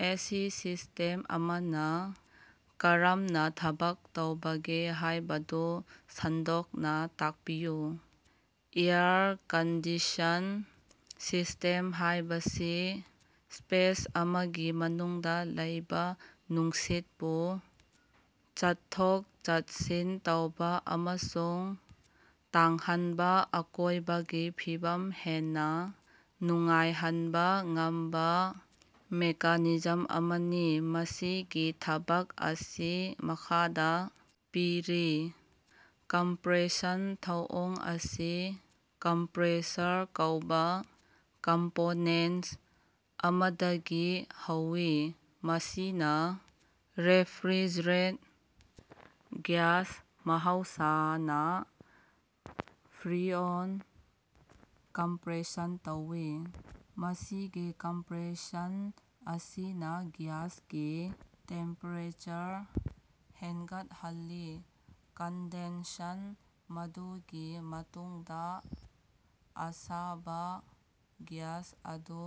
AC system ꯑꯃꯅ ꯀꯔꯝꯅ ꯊꯕꯛ ꯇꯧꯕꯒꯦ ꯍꯥꯏꯕꯗꯨ ꯁꯟꯗꯣꯛꯅ ꯇꯥꯛꯄꯤꯌꯨ꯫ ꯑꯦꯌꯔ ꯀꯟꯗꯤꯁꯟ ꯁꯤꯁ꯭ꯇꯦꯝ ꯍꯥꯏꯕꯁꯤ ꯁ꯭ꯄꯦꯁ ꯑꯃꯒꯤ ꯃꯅꯨꯡꯗ ꯂꯩꯕ ꯅꯨꯡꯁꯤꯠꯄꯨ ꯆꯠꯊꯣꯛ-ꯆꯠꯁꯤꯟ ꯇꯧꯕ ꯑꯃꯁꯨꯡ ꯏꯪꯍꯟꯕ, ꯑꯀꯣꯏꯕꯒꯤ ꯐꯤꯕꯝ ꯍꯦꯟꯅ ꯅꯨꯡꯉꯥꯏꯍꯟꯕ ꯉꯝꯕ ꯃꯦꯀꯥꯅꯤꯖꯝ ꯑꯃꯅꯤ꯫ ꯃꯁꯤꯒꯤ ꯊꯕꯛ ꯑꯁꯤ ꯃꯈꯥꯗ ꯄꯤꯔꯤ ꯀꯝꯄ꯭ꯔꯦꯁꯟ ꯊꯧꯑꯣꯡ ꯑꯁꯤ ꯀꯝꯄ꯭ꯔꯦꯁꯔ ꯀꯧꯕ ꯀꯝꯄꯣꯅꯦꯟꯇ ꯑꯃꯗꯒꯤ ꯍꯧꯏ꯫ ꯃꯁꯤꯅ ꯔꯦꯐ꯭ꯔꯤꯖꯔꯦꯟꯇ ꯒ꯭ꯌꯥꯁ (ꯃꯍꯧꯁꯥꯅ ꯐ꯭ꯔꯤꯑꯣꯟ) ꯀꯝꯄ꯭ꯔꯦꯁꯟ ꯇꯧꯏ꯫ ꯃꯁꯤꯒꯤ ꯀꯝꯄ꯭ꯔꯦꯁꯟ ꯑꯁꯤꯅ ꯒ꯭ꯌꯥꯁꯀꯤ ꯇꯦꯝꯄꯦꯔꯦꯆꯔ ꯍꯦꯟꯒꯠꯍꯜꯂꯤ꯫ ꯀꯟꯗꯦꯟꯁꯟ ꯃꯗꯨꯒꯤ ꯃꯇꯨꯡꯗ ꯑꯁꯥꯕ ꯒ꯭ꯌꯥꯁ ꯑꯗꯨ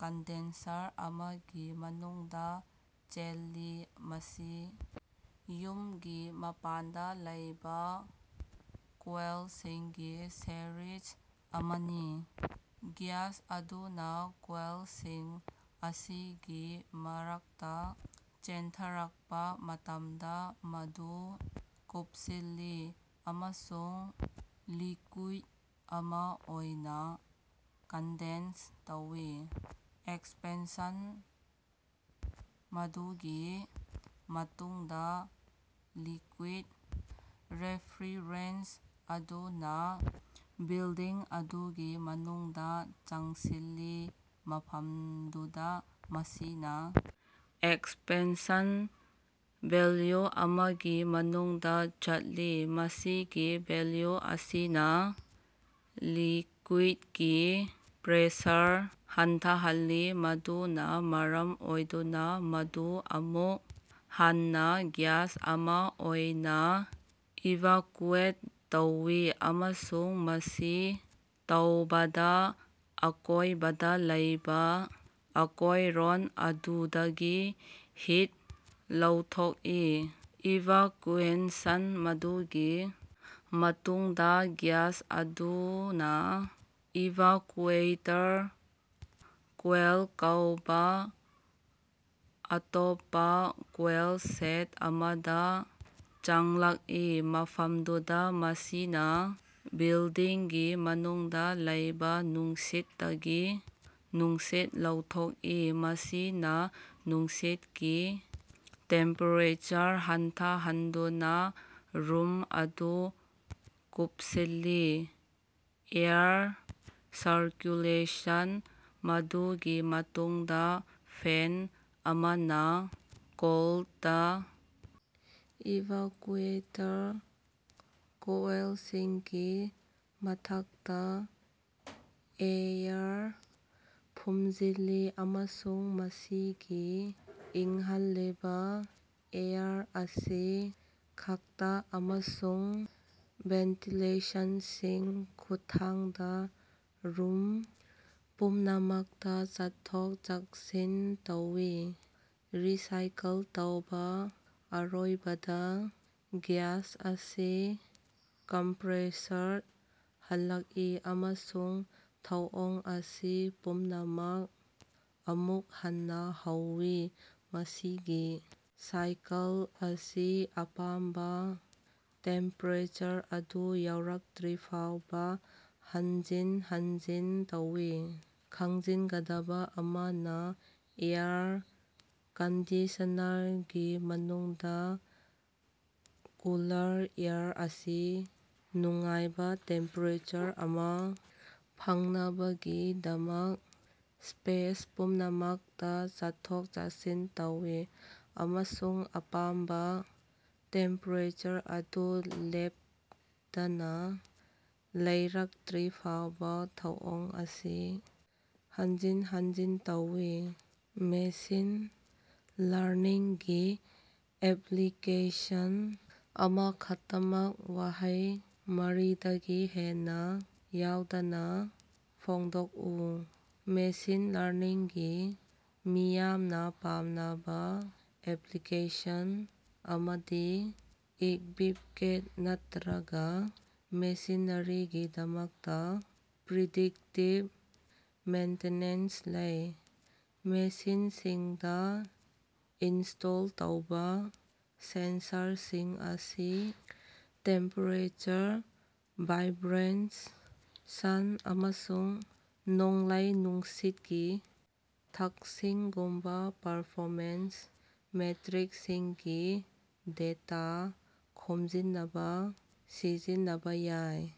ꯀꯟꯗꯦꯟꯁꯔ ꯑꯃꯒꯤ ꯃꯅꯨꯡꯗ ꯆꯦꯜꯂꯤ꯫ ꯃꯁꯤ ꯌꯨꯝꯒꯤ ꯃꯄꯥꯟꯗ ꯂꯩꯕ ꯀꯣꯏꯜꯁꯤꯡꯒꯤ ꯁꯦꯔꯤꯖ ꯑꯃꯅꯤ꯫ ꯒ꯭ꯌꯥꯁ ꯑꯗꯨꯅ ꯀꯣꯏꯜꯁꯤꯡ ꯑꯁꯤꯒꯤ ꯃꯔꯛꯇ ꯆꯦꯟꯊꯔꯛꯄ ꯃꯇꯝꯗ ꯃꯗꯨ ꯀꯨꯞꯁꯤꯜꯂꯤ ꯑꯃꯁꯨꯡ ꯂꯤꯀꯨꯏꯗ ꯑꯃ ꯑꯣꯏꯅ ꯀꯟꯗꯦꯟꯁ ꯇꯧꯏ꯫ ꯑꯦꯛꯁꯄꯥꯟꯁꯟ: ꯃꯗꯨꯒꯤ ꯃꯇꯨꯡꯗ ꯂꯤꯀꯨꯏꯗ ꯔꯦꯐ꯭ꯔꯤꯖꯔꯦꯟꯇ ꯑꯗꯨꯅ ꯕꯤꯜꯗꯤꯡ ꯑꯗꯨꯒꯤ ꯃꯅꯨꯡꯗ ꯆꯪꯁꯤꯜꯂꯤ꯫ ꯃꯐꯝꯗꯨꯗ ꯃꯁꯤꯅ ꯑꯦꯛꯁꯄꯥꯟꯁꯟ ꯚꯦꯜꯂ꯭ꯌꯨ ꯑꯃꯒꯤ ꯃꯅꯨꯡꯗ ꯆꯠꯂꯤ꯫ ꯃꯁꯤꯒꯤ ꯚꯦꯜꯂ꯭ꯌꯨ ꯑꯁꯤꯅ ꯂꯤꯀꯨꯏꯗꯀꯤ ꯄ꯭ꯔꯦꯁꯔ ꯍꯟꯊꯍꯜꯂꯤ꯫ ꯃꯗꯨꯅ ꯃꯔꯝ ꯑꯣꯏꯗꯨꯅ ꯃꯗꯨ ꯑꯃꯨꯛ ꯍꯟꯅ ꯒ꯭ꯌꯥꯁ ꯑꯃ ꯑꯣꯏꯅ ꯏꯚꯥꯀ꯭ꯌꯨꯑꯦꯠ ꯇꯧꯏ ꯑꯃꯁꯨꯡ ꯃꯁꯤ ꯇꯧꯕꯗ ꯑꯀꯣꯏꯕꯗ ꯂꯩꯕ ꯑꯀꯣꯏꯔꯣꯟ ꯑꯗꯨꯗꯒꯤ ꯍꯤꯠ ꯂꯧꯊꯣꯛꯏ꯫ ꯏꯚꯥꯀ꯭ꯌꯨꯑꯦꯁꯟ: ꯃꯗꯨꯒꯤ ꯃꯇꯨꯡꯗ ꯒ꯭ꯌꯥꯁ ꯑꯗꯨꯅ꯭ ꯏꯚꯥꯀ꯭ꯌꯨꯑꯦꯇꯔ ꯀꯣꯏꯜ ꯀꯧꯕ ꯑꯇꯣꯞꯄ ꯀꯣꯏꯜ ꯁꯦꯠ ꯑꯃꯗ ꯆꯪꯂꯛꯏ꯫ ꯃꯐꯝꯗꯨꯗ ꯃꯁꯤꯅ ꯕꯤꯜꯗꯤꯡꯒꯤ ꯃꯅꯨꯡꯗ ꯂꯩꯕ ꯅꯨꯡꯁꯤꯠꯇꯒꯤ ꯅꯨꯡꯁꯤꯠ ꯂꯧꯊꯣꯛꯏ꯫ ꯃꯁꯤꯅ ꯅꯨꯡꯁꯤꯠꯀꯤ ꯇꯦꯝꯄꯦꯔꯦꯆꯔ ꯍꯟꯊꯍꯟꯗꯨꯅ ꯔꯨꯝ ꯑꯗꯨ ꯀꯨꯞꯁꯤꯜꯂꯤ꯫ ꯑꯦꯌꯔ ꯁꯔꯀ꯭ꯌꯨꯂꯦꯁꯟ: ꯃꯗꯨꯒꯤ ꯃꯇꯨꯡꯗ ꯐꯦꯟ ꯑꯃꯅ ꯀꯣꯜꯗ ꯏꯚꯥꯀ꯭ꯌꯨꯑꯦꯇꯔ ꯀꯣꯏꯜꯁꯤꯡꯒꯤ ꯃꯊꯛꯇ ꯑꯦꯌꯔ ꯐꯨꯝꯖꯤꯜꯂꯤ ꯑꯃꯁꯨꯡ ꯃꯁꯤꯒꯤ ꯏꯪꯍꯜꯂꯕ ꯑꯦꯌꯔ ꯑꯁꯤ ꯗꯛꯇ ꯑꯃꯁꯨꯡ ꯚꯦꯟꯇꯤꯂꯦꯁꯟꯒꯤ ꯈꯨꯠꯊꯥꯡꯗ ꯔꯨꯝ ꯄꯨꯝꯅꯃꯛꯇ ꯆꯠꯊꯣꯛ-ꯆꯠꯁꯤꯟ ꯇꯧꯏ꯫ ꯔꯤꯁꯥꯏꯀꯜ ꯇꯧꯕ: ꯑꯔꯣꯏꯕꯗ ꯒ꯭ꯌꯥꯁ ꯑꯁꯤ ꯀꯝꯄ꯭ꯔꯦꯁꯔꯗ ꯍꯜꯂꯛꯏ ꯑꯃꯁꯨꯡ ꯊꯧꯑꯣꯡ ꯑꯁꯤ ꯄꯨꯝꯅꯃꯛ ꯑꯃꯨꯛ ꯍꯟꯅ ꯍꯧꯏ꯫ ꯃꯁꯤꯒꯤ ꯁꯥꯏꯀꯜ ꯑꯁꯤ ꯑꯄꯥꯝꯕ ꯇꯦꯝꯄꯦꯔꯦꯆꯔ ꯑꯗꯨ ꯌꯧꯔꯛꯇ꯭ꯔꯤꯐꯥꯎꯕ ꯍꯟꯖꯤꯟ -ꯍꯟꯖꯤꯟ ꯇꯧꯏ꯫ ꯈꯪꯖꯤꯟꯒꯗꯕ ꯑꯃꯅ, ꯑꯦꯌꯔ ꯀꯟꯗꯤꯁꯟꯅꯔꯒꯤ ꯃꯇꯨꯡꯗ ꯀꯨꯂꯔ ꯑꯦꯌꯔ ꯑꯁꯤ ꯅꯨꯡꯉꯥꯏꯕ ꯇꯦꯝꯄꯦꯔꯦꯆꯔ ꯑꯃ ꯐꯪꯅꯕꯒꯤꯗꯃꯛ ꯁ꯭ꯄꯦꯁ ꯄꯨꯝꯅꯃꯛꯇ ꯆꯠꯊꯣꯛ-ꯆꯠꯁꯤꯟ ꯇꯧꯏ ꯑꯃꯁꯨꯡ ꯑꯄꯥꯝꯕ ꯇꯦꯝꯄꯦꯔꯦꯆꯔ ꯑꯗꯨ ꯂꯦꯡꯗꯅ ꯂꯩꯔꯛꯇ꯭ꯔꯤꯐꯥꯎꯕ ꯊꯧꯑꯣꯡ ꯑꯁꯤ ꯍꯟꯖꯤꯟ -ꯍꯟꯖꯤꯟ ꯇꯧꯏ꯫ ꯃꯦꯁꯤꯟ ꯂꯔꯅꯤꯡꯒꯤ ꯑꯦꯞꯂꯤꯀꯦꯁꯟ ꯑꯃꯈꯛꯇꯃꯛ ꯋꯥꯍꯩ ꯃꯔꯤꯗꯒꯤ ꯍꯦꯟꯅ ꯌꯥꯎꯗꯅ ꯐꯣꯡꯗꯣꯛꯎ꯫ ꯃꯦꯁꯤꯟ ꯂꯔꯅꯤꯡꯒꯤ ꯃꯤꯌꯥꯝꯅ ꯄꯥꯝꯅꯕ ꯑꯦꯄ꯭ꯂꯤꯀꯦꯁꯟ ꯑꯃꯗꯤ ꯏꯛꯕꯤꯄꯃꯦꯟꯇ ꯅꯠꯇ꯭ꯔꯒ ꯃꯦꯁꯤꯅꯔꯤꯒꯤꯗꯃꯛꯇ ꯄ꯭ꯔꯤꯗꯤꯛꯇꯤꯚ ꯃꯦꯟꯇꯦꯅꯦꯟꯁꯇ ꯂꯩ꯫ ꯃꯦꯁꯤꯟꯁꯤꯡꯗ ꯏꯟꯁ꯭ꯇꯣꯜ ꯇꯧꯕ ꯁꯦꯟꯁꯔꯁꯤꯡ ꯑꯁꯤ ꯇꯦꯝꯄꯦꯔꯦꯆꯔ, ꯚꯥꯏꯕ꯭ꯔꯦꯁꯟ ꯑꯃꯁꯨꯡ ꯅꯣꯡꯂꯩ-ꯅꯨꯡꯁꯤꯠꯀꯤ ꯊꯥꯛꯁꯤꯡꯒꯨꯝꯕ ꯄꯔꯐꯣꯃꯦꯟꯁ ꯃꯦꯇ꯭ꯔꯤꯛꯁꯤꯡꯒꯤ ꯗꯦꯇꯥ ꯈꯣꯝꯖꯤꯟꯅꯕ ꯁꯤꯖꯤꯟꯅꯕ ꯌꯥꯏ꯫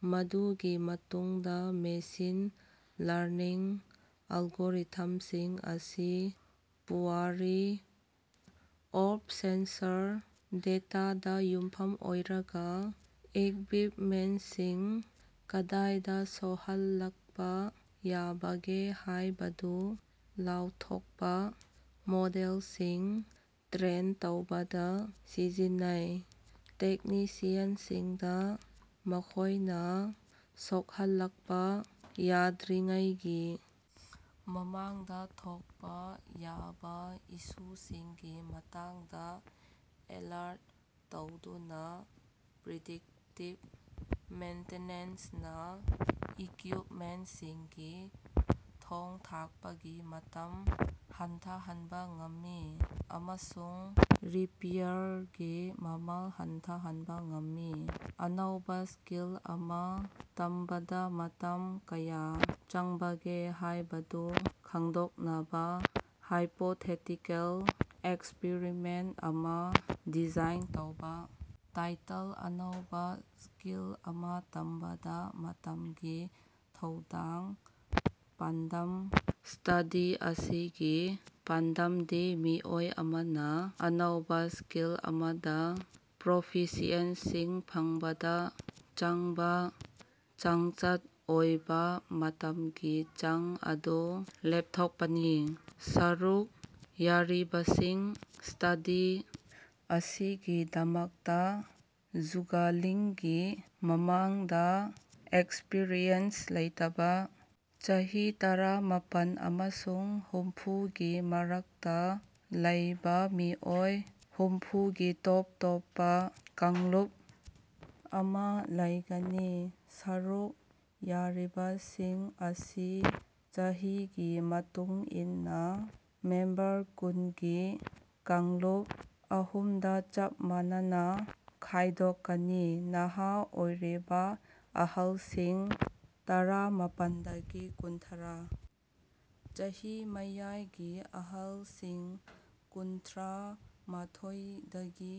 ꯃꯗꯨꯒꯤ ꯃꯇꯨꯡꯗ ꯃꯦꯁꯤꯟ ꯂꯔꯅꯤꯡ ꯑꯜꯒꯣꯔꯤꯊꯝꯁꯤꯡ ꯑꯁꯤ ꯄꯨꯋꯥꯔꯤ ꯑꯣꯏꯔꯕ ꯁꯦꯟꯁꯔ ꯗꯦꯇꯥꯗ ꯌꯨꯝꯐꯝ ꯑꯣꯏꯔꯒ ꯏꯛꯕꯤꯄꯃꯦꯟꯇꯁꯤꯡ ꯀꯗꯥꯏꯗ ꯁꯣꯛꯍꯜꯂꯛꯄ ꯌꯥꯕꯒꯦ ꯍꯥꯏꯕꯗꯨ ꯂꯥꯎꯊꯣꯛꯄ ꯃꯣꯗꯦꯜꯁꯤꯡ ꯇ꯭ꯔꯦꯟ ꯇꯧꯕꯗ ꯁꯤꯖꯤꯟꯅꯩ꯫ ꯇꯦꯛꯅꯤꯁꯤꯌꯟꯁꯤꯡꯗ ꯃꯈꯣꯏꯅ ꯁꯣꯛꯍꯜꯂꯛꯄ ꯌꯥꯗ꯭ꯔꯤꯉꯩꯒꯤ ꯃꯃꯥꯡꯗ ꯊꯣꯛꯄ ꯌꯥꯕ ꯏꯁꯨꯁꯤꯡꯒꯤ ꯃꯇꯥꯡꯗ ꯑꯦꯂꯔꯠ ꯇꯧꯗꯨꯅ ꯄ꯭ꯔꯤꯗꯤꯛꯇꯤꯚ ꯃꯦꯟꯇꯤꯅꯦꯟꯁꯅ ꯏꯀ꯭ꯌꯨꯏꯞꯃꯦꯟꯇꯁꯤꯡꯒꯤ ꯊꯣꯡ-ꯊꯥꯛꯄꯒꯤ ꯃꯇꯝ ꯍꯟꯊꯍꯟꯕ ꯉꯝꯃꯤ ꯑꯃꯁꯨꯡ ꯔꯤꯄꯦꯌꯔꯒꯤ ꯃꯃꯜ ꯍꯟꯊꯍꯟꯕ ꯉꯝꯃꯤ꯫ ꯑꯅꯧꯕ ꯁ꯭ꯀꯤꯜ ꯑꯃ ꯇꯝꯕꯗ ꯃꯇꯝ ꯀꯌꯥ ꯆꯪꯕꯒꯦ ꯍꯥꯏꯕꯗꯨ ꯈꯪꯗꯣꯛꯅꯕ ꯍꯥꯏꯄꯣꯊꯦꯇꯤꯀꯜ ꯑꯦꯛꯁꯄꯤꯔꯤꯃꯦꯟꯇ ꯑꯃ ꯗꯤꯖꯥꯏꯟ ꯇꯧꯕ- ꯇꯥꯏꯇꯜ ꯑꯅꯧꯕ ꯁ꯭ꯀꯤꯜ ꯑꯃ ꯇꯝꯕꯗ ꯃꯇꯝꯒꯤ ꯊꯧꯗꯥꯡ ꯄꯥꯟꯗꯝ: ꯁ꯭ꯇꯗꯤ ꯑꯁꯤꯒꯤ ꯄꯥꯟꯗꯝꯗꯤ ꯃꯤꯑꯣꯏ ꯑꯃꯅ ꯑꯅꯧꯕ ꯁ꯭ꯀꯤꯜ ꯑꯃꯗ ꯄ꯭ꯔꯣꯐꯤꯁꯤꯑꯦꯟꯁꯤ ꯐꯪꯕꯗ ꯆꯪꯕ ꯆꯥꯡꯆꯠꯇ ꯑꯣꯏꯕ ꯃꯇꯝꯒꯤ ꯆꯥꯡ ꯑꯗꯨ ꯂꯦꯞꯊꯣꯛꯄꯅꯤ꯫ ꯁꯔꯨꯛ ꯌꯥꯔꯤꯕꯁꯤꯡ: ꯁ꯭ꯇꯗꯤ ꯑꯁꯤꯒꯤꯗꯃꯛꯇ ꯖꯨꯒꯂꯤꯡꯒꯤ ꯃꯃꯥꯡꯗ ꯑꯦꯛꯁꯄꯤꯔꯤꯌꯦꯟꯁ ꯂꯩꯇꯕ ꯆꯍꯤ ꯇꯔꯥ ꯃꯥꯄꯟ ꯑꯃꯁꯨꯡ ꯍꯨꯝꯐꯨꯒꯤ ꯃꯔꯛꯇ ꯂꯩꯕ ꯃꯤꯑꯣꯏ ꯍꯨꯝꯐꯨꯒꯤ ꯇꯣꯞ -ꯇꯣꯞꯄ ꯀꯥꯡꯂꯨꯞ ꯑꯃ ꯂꯧꯒꯅꯤ꯫ ꯁꯔꯨꯛ ꯌꯥꯔꯤꯕꯁꯤꯡ ꯑꯁꯤ ꯆꯍꯤꯒꯤ ꯃꯇꯨꯡ ꯏꯟꯅ ꯃꯦꯝꯕꯔ ꯀꯨꯟꯒꯤ ꯀꯥꯡꯂꯨꯞ ꯑꯍꯨꯝꯗ ꯆꯞ ꯃꯥꯟꯅꯅ ꯈꯥꯏꯗꯣꯛꯀꯅꯤ꯫ ꯅꯍꯥ ꯑꯣꯏꯔꯤꯕ ꯑꯍꯜꯁꯤꯡ (ꯇꯔꯥ ꯅꯤꯄꯥꯟꯗꯒꯤ ꯀꯨꯟꯊ꯭ꯔꯥ), ꯆꯍꯤ ꯃꯌꯥꯏꯒꯤ ꯑꯍꯜꯁꯤꯡ (ꯀꯨꯟꯊ꯭ꯔꯥ ꯃꯊꯣꯏꯗꯒꯤ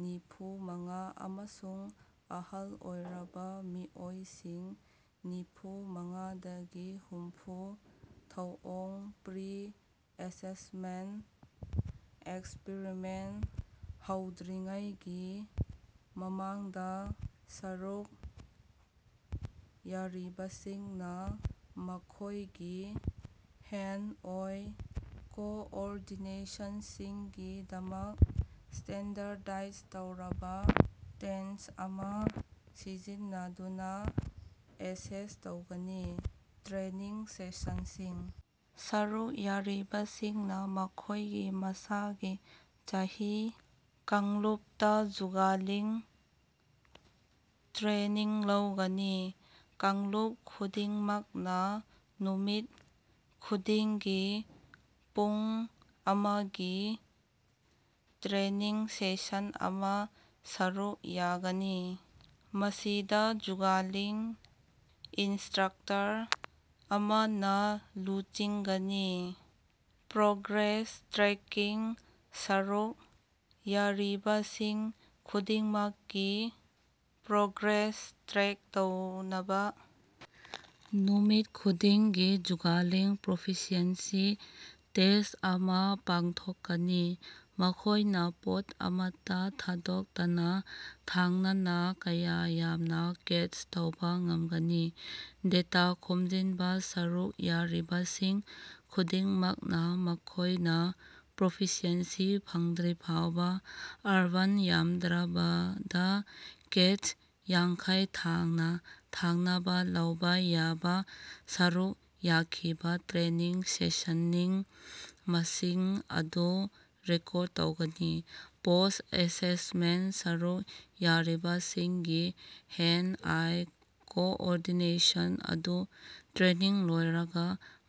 ꯅꯤꯐꯨ ꯃꯉꯥ), ꯑꯃꯁꯨꯡ ꯑꯍꯜ ꯑꯣꯏꯔꯕ ꯃꯤꯑꯣꯏꯁꯤꯡ (ꯅꯤꯐꯨ ꯃꯉꯥꯗꯒꯤ ꯍꯨꯝꯐꯨ)꯫ ꯊꯧꯑꯣꯡ ꯄ꯭ꯔꯤ-ꯑꯦꯁꯦꯁꯃꯦꯟꯇ ꯑꯦꯛꯁꯄꯤꯔꯤꯃꯦꯟꯇ ꯍꯧꯗ꯭ꯔꯤꯉꯩꯒꯤ ꯃꯃꯥꯡꯗ ꯁꯔꯨꯛ ꯌꯥꯔꯤꯕꯁꯤꯡꯅ ꯃꯈꯣꯏꯒꯤ ꯍꯦꯟꯗ-ꯑꯥꯏ ꯀꯣꯑꯣꯔꯗꯤꯅꯦꯁꯟꯒꯤꯗꯃꯛ ꯁ꯭ꯇꯦꯟꯗꯔꯗꯥꯏꯖ ꯇꯧꯔꯕ ꯇꯦꯁ꯭ꯠ ꯑꯃ ꯁꯤꯖꯤꯟꯅꯗꯨꯅ ꯑꯦꯁꯦꯁ ꯇꯧꯒꯅꯤ꯫ ꯇ꯭ꯔꯦꯅꯤꯡ ꯁꯦꯁꯟꯁꯤꯡ ꯁꯔꯨꯛ ꯌꯥꯔꯤꯕꯁꯤꯡꯅ ꯃꯈꯣꯏꯒꯤ ꯃꯁꯥꯒꯤ ꯆꯍꯤ ꯀꯥꯡꯂꯨꯞꯇ ꯖꯨꯒꯂꯤꯡ ꯇ꯭ꯔꯦꯅꯤꯡ ꯂꯧꯒꯅꯤ꯫ ꯀꯥꯡꯂꯨꯞ ꯈꯨꯗꯤꯡꯃꯛꯅ ꯅꯨꯃꯤꯠ ꯈꯨꯗꯤꯡꯒꯤ ꯄꯨꯡ ꯑꯃꯒꯤ ꯇ꯭ꯔꯦꯅꯤꯡ ꯁꯦꯁꯟ ꯑꯃ ꯁꯔꯨꯛ ꯌꯥꯒꯅꯤ꯫ ꯃꯁꯤꯗ ꯖꯨꯒꯂꯤꯡ ꯏꯟꯁꯇ꯭ꯔꯛꯇꯔ ꯑꯃꯅ ꯂꯨꯆꯤꯡꯒꯅꯤ꯫ ꯄ꯭ꯔꯣꯒ꯭ꯔꯦꯁ ꯇ꯭ꯔꯦꯀꯤꯡ: ꯁꯔꯨꯛ ꯌꯥꯔꯤꯕꯁꯤꯡ ꯈꯨꯗꯤꯡꯃꯛꯀꯤ ꯄ꯭ꯔꯣꯒ꯭ꯔꯦꯁ ꯇ꯭ꯔꯦꯛ ꯇꯧꯅꯕ ꯅꯨꯃꯤꯠ ꯈꯨꯗꯤꯡꯒꯤ ꯖꯨꯒꯂꯤꯡ ꯄ꯭ꯔꯣꯐꯤꯁꯤꯑꯦꯟꯁꯤ ꯇꯦꯁ꯭ꯠ ꯑꯃ ꯄꯥꯡꯊꯣꯛꯀꯅꯤ꯫ ꯃꯈꯣꯏꯅ ꯄꯣꯠ ꯑꯃꯠꯇ ꯊꯥꯗꯣꯛꯇꯅ ꯊꯪꯅ-ꯊꯪꯅꯅ ꯀꯌꯥ ꯌꯥꯝꯅ ꯀꯦꯆ ꯇꯧꯕ ꯉꯝꯒꯅꯤ꯫ ꯗꯦꯇꯥ ꯈꯣꯝꯖꯤꯟꯕ ꯁꯔꯨꯛ ꯌꯥꯔꯤꯕꯁꯤꯡ ꯈꯨꯗꯤꯡꯃꯛꯅ ꯃꯈꯣꯏꯅ ꯄ꯭ꯔꯣꯐꯤꯁꯤꯑꯦꯟꯁꯤ ꯐꯪꯗ꯭ꯔꯤꯐꯥꯎꯕ (ꯑꯔꯕꯥꯟ, ꯌꯥꯝꯗ꯭ꯔꯕꯗ ꯀꯦꯆ ꯌꯥꯡꯈꯩ ꯊꯪꯅ-ꯊꯪꯅꯅ ꯂꯧꯕ ꯌꯥꯕ) ꯁꯔꯨꯛ ꯌꯥꯈꯤꯕ ꯇ꯭ꯔꯦꯅꯤꯡ ꯁꯦꯁꯟꯁꯤꯡꯒꯤ ꯃꯁꯤꯡ ꯑꯗꯨ ꯔꯦꯀꯣꯔꯗ ꯇꯧꯒꯅꯤ꯫ ꯄꯣꯁ꯭ꯠ-ꯑꯦꯁꯦꯁꯃꯦꯟꯇ: ꯁꯔꯨꯛ ꯌꯥꯔꯤꯕꯁꯤꯡꯒꯤ ꯍꯦꯟꯗ-ꯑꯥꯏ ꯀꯣꯑꯣꯔꯗꯤꯅꯦꯁꯟ ꯑꯗꯨ ꯇ꯭ꯔꯦꯅꯤꯡ ꯂꯣꯏꯔꯕ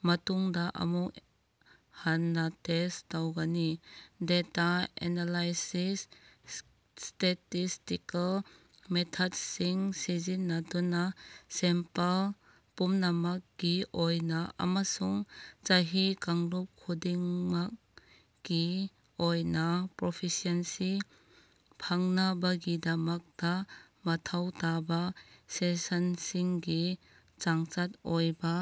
ꯃꯇꯨꯡꯗ ꯑꯃꯨꯛ ꯍꯟꯅ ꯇꯦꯁ꯭ꯠ ꯇꯧꯒꯅꯤ꯫ ꯗꯦꯇꯥ ꯑꯦꯅꯂꯥꯏꯁꯤꯁ: ꯁ꯭ꯇꯦꯇꯤꯁ꯭ꯇꯤꯀꯦꯜ ꯃꯦꯊꯗꯁꯤꯡ ꯁꯤꯖꯤꯟꯅꯗꯨꯅ ꯁꯦꯝꯄꯜ ꯄꯨꯝꯅꯃꯛꯀꯤ ꯑꯣꯏꯅ ꯑꯃꯁꯨꯡ ꯆꯍꯤ ꯀꯥꯡꯂꯨꯞ ꯈꯨꯗꯤꯡꯃꯛꯀꯤ ꯑꯣꯏꯅ ꯄ꯭ꯔꯣꯐꯤꯁꯤꯑꯦꯟꯁꯤ ꯐꯪꯅꯕꯒꯤꯗꯃꯛꯇ ꯃꯊꯧ ꯇꯥꯕ ꯁꯦꯁꯟꯁꯤꯡꯒꯤ ꯆꯥꯡꯆꯠꯇ ꯑꯣꯏꯕ